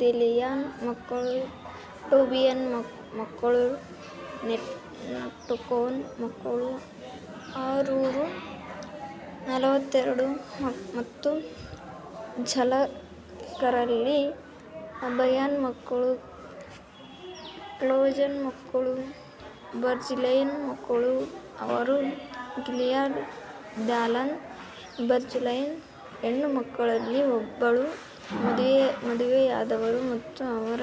ದೆಲಾಯನ ಮಕ್ಕಳು ಟೋಬೀಯನ ಮಕ್ಕಳು ನೆಕೋಡನ ಮಕ್ಕಳು ಆರುನೂರ ನಲವತ್ತೆರಡು ಮತ್ತು ಯಾಜಕರಲ್ಲಿ ಹಬಯನ ಮಕ್ಕಳು, ಕೋಜ್ನ ಮಕ್ಕಳು ಬರ್ಜಿಲ್ಲೈನ ಮಕ್ಕಳು, ಅವರು ಗಿಲ್ಯಾದ್ಯನಾದ ಬರ್ಜಿಲ್ಲೈನ ಹೆಣ್ಣುಮಕ್ಕಳಲ್ಲಿ ಒಬ್ಬಳನ್ನು ಮದುವೆಯಾದರು ಮತ್ತು ಅವರ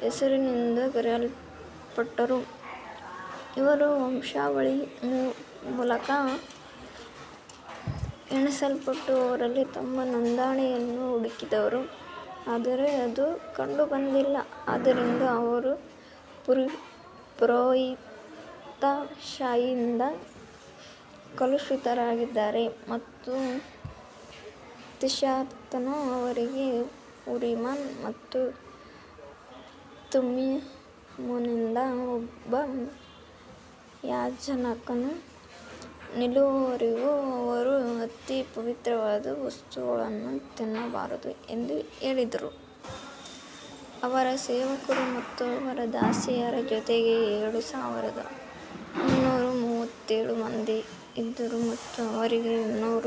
ಹೆಸರಿನಿಂದ ಕರೆಯಲ್ಪಟ್ಟರು. ಇವರು ವಂಶಾವಳಿಯ ಮೂಲಕ ಎಣಿಸಲ್ಪಟ್ಟವರಲ್ಲಿ ತಮ್ಮ ನೋಂದಣಿಯನ್ನು ಹುಡುಕಿದರು ಆದರೆ ಅದು ಕಂಡುಬಂದಿಲ್ಲ ಆದ್ದರಿಂದ ಅವರು ಪುರೋಹಿತಶಾಹಿಯಿಂದ ಕಲುಷಿತರಾಗಿದ್ದಾರೆ ಮತ್ತು ತಿರ್ಷಾಥನು ಅವರಿಗೆ, ಊರಿಮ್ ಮತ್ತು ತುಮ್ಮಿಮ್ನೊಂದಿಗೆ ಒಬ್ಬ ಯಾಜಕನು ನಿಲ್ಲುವವರೆಗೂ ಅವರು ಅತಿ ಪವಿತ್ರವಾದ ವಸ್ತುಗಳನ್ನು ತಿನ್ನಬಾರದು ಎಂದು ಹೇಳಿದರು. ಅವರ ಸೇವಕರು ಮತ್ತು ಅವರ ದಾಸಿಯರ ಜೊತೆಗೆ ಏಳು ಸಾವಿರದ ಮುನ್ನೂರ ಮೂವತ್ತೇಳು ಮಂದಿ ಇದ್ದರು ಮತ್ತು ಅವರಿಗೆ ಇನ್ನೂರ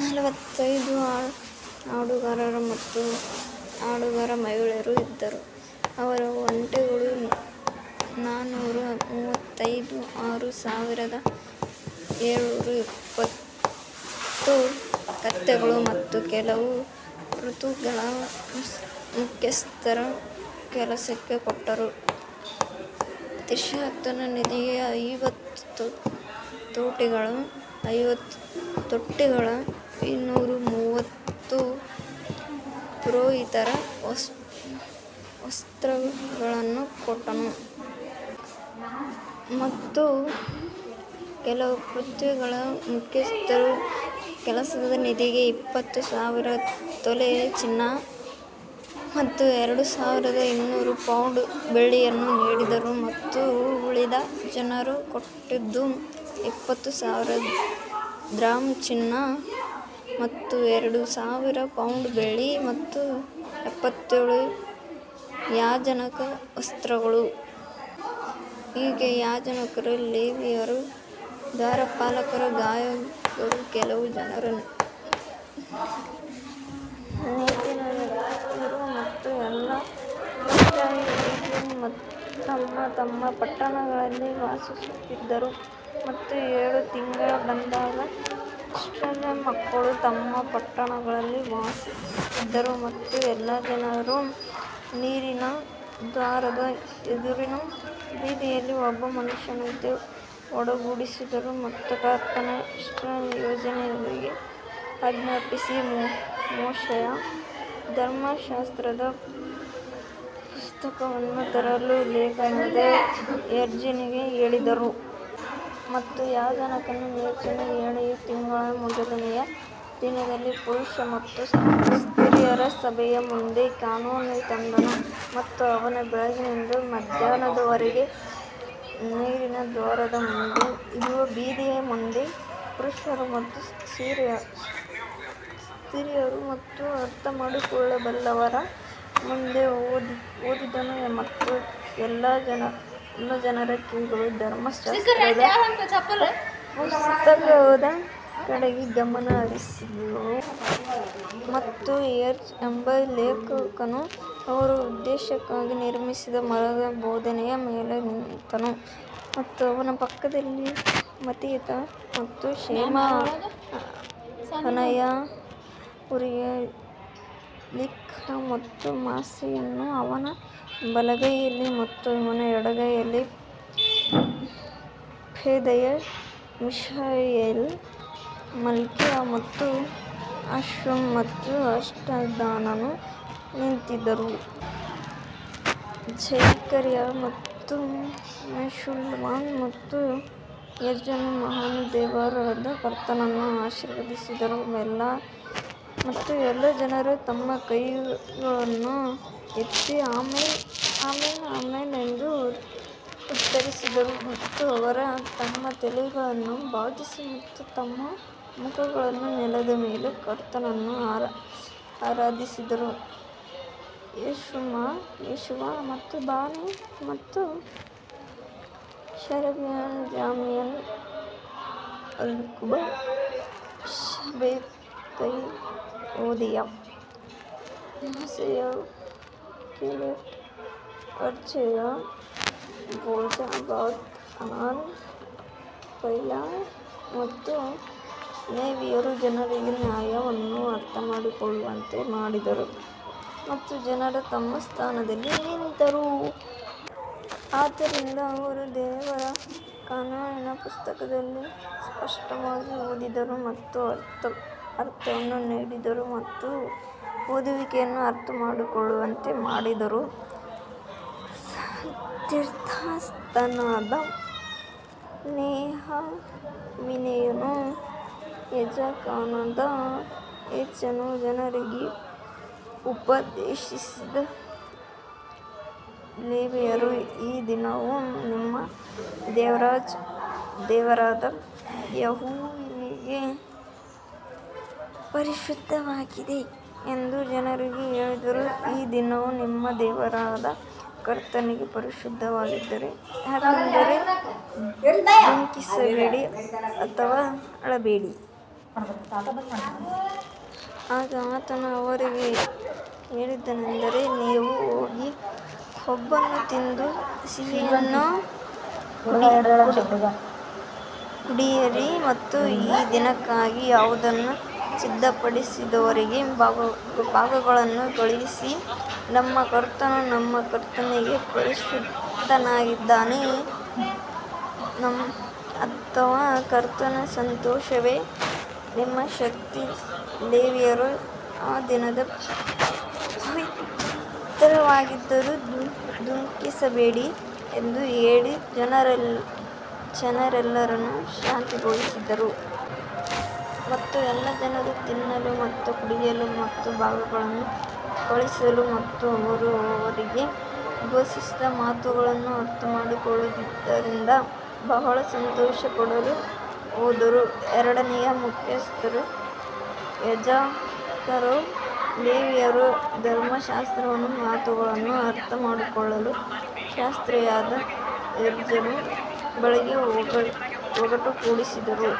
ನಲವತ್ತೈದು ಹಾಡುಗಾರರು ಮತ್ತು ಹಾಡುಗಾರ ಮಹಿಳೆಯರು ಇದ್ದರು. ಅವರ ಒಂಟೆಗಳು ನಾನೂರ ಮೂವತ್ತೈದು ಆರು ಸಾವಿರದ ಏಳುನೂರ ಇಪ್ಪತ್ತು ಕತ್ತೆಗಳು ಮತ್ತು ಕೆಲವು ಪಿತೃಗಳ ಮುಖ್ಯಸ್ಥರು ಕೆಲಸಕ್ಕೆ ಕೊಟ್ಟರು, ತಿರ್ಷಾಥನು ನಿಧಿಗೆ ಐವತ್ತು ತೊಟ್ಟಿಗಳ ಐವತ್ತು ತೊಟ್ಟಿಗಳ ಐನೂರ ಮೂವತ್ತು ಪುರೋಹಿತರ ವಸ್ತ್ರಗಳನ್ನು ಕೊಟ್ಟನು. ಮತ್ತು ಕೆಲವು ಪಿತೃಗಳ ಮುಖ್ಯಸ್ಥರು ಕೆಲಸದ ನಿಧಿಗೆ ಇಪ್ಪತ್ತು ಸಾವಿರ ತೊಲೆ ಚಿನ್ನ ಮತ್ತು ಎರಡು ಸಾವಿರದ ಇನ್ನೂರು ಪೌಂಡ್ ಬೆಳ್ಳಿಯನ್ನು ನೀಡಿದರು. ಮತ್ತು ಉಳಿದ ಜನರು ಕೊಟ್ಟದ್ದು ಇಪ್ಪತ್ತು ಸಾವಿರ ದ್ರಾಮ್ ಚಿನ್ನ ಮತ್ತು ಎರಡು ಸಾವಿರ ಪೌಂಡ್ ಬೆಳ್ಳಿ ಮತ್ತು ಎಪ್ಪತ್ತೇಳು ಯಾಜಕರ ವಸ್ತ್ರಗಳು. ಹೀಗೆ ಯಾಜಕರು, ಲೇವಿಯರು, ದ್ವಾರಪಾಲಕರು, ಗಾಯಕರು, ಕೆಲವು ಜನರು, ನೆಥಿನಿಯರು ಮತ್ತು ಎಲ್ಲಾ ಇಸ್ರಾಯೇಲ್ಯರು ತಮ್ಮ ತಮ್ಮ ಪಟ್ಟಣಗಳಲ್ಲಿ ವಾಸಿಸುತ್ತಿದ್ದರು ಮತ್ತು ಏಳನೇ ತಿಂಗಳು ಬಂದಾಗ ಇಸ್ರಾಯೇಲ್ ಮಕ್ಕಳು ತಮ್ಮ ಪಟ್ಟಣಗಳಲ್ಲಿ ವಾಸಿಸುತ್ತಿದ್ದರು. ಮತ್ತು ಎಲ್ಲಾ ಜನರು ನೀರಿನ ದ್ವಾರದ ಎದುರಿನ ಬೀದಿಯಲ್ಲಿ ಒಬ್ಬ ಮನುಷ್ಯನಂತೆ ಒಟ್ಟುಗೂಡಿದರು ಮತ್ತು ಕರ್ತನು ಇಸ್ರಾಯೇಲ್ಯರಿಗೆ ಆಜ್ಞಾಪಿಸಿದ ಮೋಶೆಯ ಧರ್ಮಶಾಸ್ತ್ರದ ಪುಸ್ತಕವನ್ನು ತರಲು ಲೇಖಕನಾದ ಎಜ್ರನಿಗೆ ಹೇಳಿದರು. ಮತ್ತು ಯಾಜಕನಾದ ಎಜ್ರನು ಏಳನೆಯ ತಿಂಗಳಿನ ಮೊದಲನೆಯ ದಿನದಲ್ಲಿ ಪುರುಷ ಮತ್ತು ಸ್ತ್ರೀಯರ ಸಭೆಯ ಮುಂದೆ ಕಾನೂನನ್ನು ತಂದನು. ಮತ್ತು ಅವನು ಬೆಳಿಗ್ಗೆಯಿಂದ ಮಧ್ಯಾಹ್ನದವರೆಗೆ ನೀರಿನ ದ್ವಾರದ ಮುಂದೆ ಇರುವ ಬೀದಿಯ ಮುಂದೆ ಪುರುಷರು ಮತ್ತು ಸ್ತ್ರೀಯರು ಮತ್ತು ಅರ್ಥಮಾಡಿಕೊಳ್ಳಬಲ್ಲವರ ಮುಂದೆ ಓದಿದನು ಮತ್ತು ಎಲ್ಲಾ ಜನರ ಕಿವಿಗಳು ಧರ್ಮಶಾಸ್ತ್ರದ ಪುಸ್ತಕದ ಕಡೆಗೆ ಗಮನಹರಿಸಿದವು. ಮತ್ತು ಎಜ್ರ ಎಂಬ ಲೇಖಕನು ಅವರು ಉದ್ದೇಶಕ್ಕಾಗಿ ನಿರ್ಮಿಸಿದ ಮರದ ಬೋಧನೆಯ ಮೇಲೆ ನಿಂತನು ಮತ್ತು ಅವನ ಪಕ್ಕದಲ್ಲಿ ಮತ್ತಿಥಿಯ ಮತ್ತು ಶೆಮಾ, ಅನಯ, ಉರೀಯ, ಹಿಲ್ಕೀಯ ಮತ್ತು ಮಾಸೇಯನು ಅವನ ಬಲಗೈಯಲ್ಲಿ ಮತ್ತು ಅವನ ಎಡಗೈಯಲ್ಲಿ ಪೆದಾಯ, ಮಿಶಾಯೇಲ್, ಮಲ್ಕೀಯ ಮತ್ತು ಹಾಶುಮ್ ಮತ್ತು ಹಷ್ಬದಾನನು ನಿಂತಿದ್ದರು. ಜೆಕರಿಯಾ ಮತ್ತು ಮೆಶುಲ್ಲಾಮ್ ಮತ್ತು ಎಜ್ರನು ಮಹಾನ್ ದೇವರಾದ ಕರ್ತನನ್ನು ಆಶೀರ್ವದಿಸಿದನು ಮತ್ತು ಎಲ್ಲಾ ಜನರು ತಮ್ಮ ಕೈಗಳನ್ನು ಎತ್ತಿ ಆಮೆನ್ ಆಮೆನ್ ಎಂದು ಉತ್ತರಿಸಿದರು ಮತ್ತು ಅವರು ತಮ್ಮ ತಲೆಗಳನ್ನು ಬಾಗಿಸಿ ಮತ್ತು ತಮ್ಮ ಮುಖಗಳನ್ನು ನೆಲದ ಮೇಲೆ ಕರ್ತನನ್ನು ಆರಾಧಿಸಿದರು. ಯೆಷುವಾ ಮತ್ತು ಬಾನಿ ಮತ್ತು Sherebiah Jamin Akkub Shabbethai Hodiah Maaseiah Kelita Azariah Jozabad Hanan Pelaiah ಮತ್ತು ಲೇವಿಯರು ಜನರಿಗೆ ನ್ಯಾಯವನ್ನು ಅರ್ಥಮಾಡಿಕೊಳ್ಳುವಂತೆ ಮಾಡಿದರು ಮತ್ತು ಜನರು ತಮ್ಮ ಸ್ಥಾನದಲ್ಲಿ ನಿಂತರು. ಆದ್ದರಿಂದ ಅವರು ದೇವರ ಕಾನೂನಿನ ಪುಸ್ತಕದಲ್ಲಿ ಸ್ಪಷ್ಟವಾಗಿ ಓದಿದರು ಮತ್ತು ಅರ್ಥವನ್ನು ನೀಡಿದರು ಮತ್ತು ಓದುವಿಕೆಯನ್ನು ಅರ್ಥಮಾಡಿಕೊಳ್ಳುವಂತೆ ಮಾಡಿದರು ತಿರ್ಷಾತನಾದ ನೆಹೆಮೀಯನೂ ಯಾಜಕನಾದ ಎಜ್ರನೂ ಜನರಿಗೆ ಉಪದೇಶಿಸಿದ ಲೇವಿಯರೂ ಈ ದಿನವು ನಿಮ್ಮ ದೇವರಾದ ಯೆಹೋವನಿಗೆ ಪರಿಶುದ್ಧವಾಗಿದೆ ಎಂದು ಜನರಿಗೆ ಹೇಳಿದರು, ಈ ದಿನವು ನಿಮ್ಮ ದೇವರಾದ ಕರ್ತನಿಗೆ ಪರಿಶುದ್ಧವಾಗಿದೆ, ಯಾಕಂದರೆ ದುಃಖಿಸಬೇಡಿ ಅಥವಾ ಅಳಬೇಡಿ. ಆಗ ಆತನು ಅವರಿಗೆ ಹೇಳಿದ್ದೇನಂದರೆ, ನೀವು ಹೋಗಿ ಕೊಬ್ಬನ್ನು ತಿಂದು ಸಿಹಿಯನ್ನು ಕುಡಿಯಿರಿ ಮತ್ತು ಈ ದಿನಕ್ಕಾಗಿ ಯಾವುದನ್ನೂ ಸಿದ್ಧಪಡಿಸದವರಿಗೆ ಭಾಗಗಳನ್ನು ಕಳುಹಿಸಿ ನಮ್ಮ ಕರ್ತನು ನಮ್ಮ ಕರ್ತನಿಗೆ ಪರಿಶುದ್ಧನಾಗಿದ್ದಾನೆ ಅಥವಾ ಕರ್ತನ ಸಂತೋಷವೇ ನಿಮ್ಮ ಶಕ್ತಿ ಎಂದು ನೀವು ವಿಷಾದಿಸಬೇಡಿ. ಆದ್ದರಿಂದ ಲೇವಿಯರು ಆ ದಿನ ಪವಿತ್ರವಾಗಿದ್ದರೂ ದುಃಖಿಸಬೇಡಿರಿ ಎಂದು ಹೇಳಿ ಜನರೆಲ್ಲರನ್ನು ಶಾಂತಗೊಳಿಸಿದರು. ಮತ್ತು ಎಲ್ಲಾ ಜನರು ತಿನ್ನಲು ಮತ್ತು ಕುಡಿಯಲು ಮತ್ತು ಭಾಗಗಳನ್ನು ಕಳುಹಿಸಲು ಮತ್ತು ಅವರು ಅವರಿಗೆ ಘೋಷಿಸಿದ ಮಾತುಗಳನ್ನು ಅರ್ಥಮಾಡಿಕೊಂಡಿದ್ದರಿಂದ ಬಹಳ ಸಂತೋಷಪಡಲು ಹೋದರು. ಎರಡನೆಯ ದಿನದಲ್ಲಿ ಎಲ್ಲಾ ಜನರ ಪಿತೃಗಳ ಮುಖ್ಯಸ್ಥರೂ ಯಾಜಕರೂ ಲೇವಿಯರೂ ಧರ್ಮಶಾಸ್ತ್ರದ ಮಾತುಗಳನ್ನು ಅರ್ಥಮಾಡಿಕೊಳ್ಳಲು ಶಾಸ್ತ್ರಿಯಾದ ಎಜ್ರನ ಬಳಿಗೆ ಒಟ್ಟುಗೂಡಿದರು.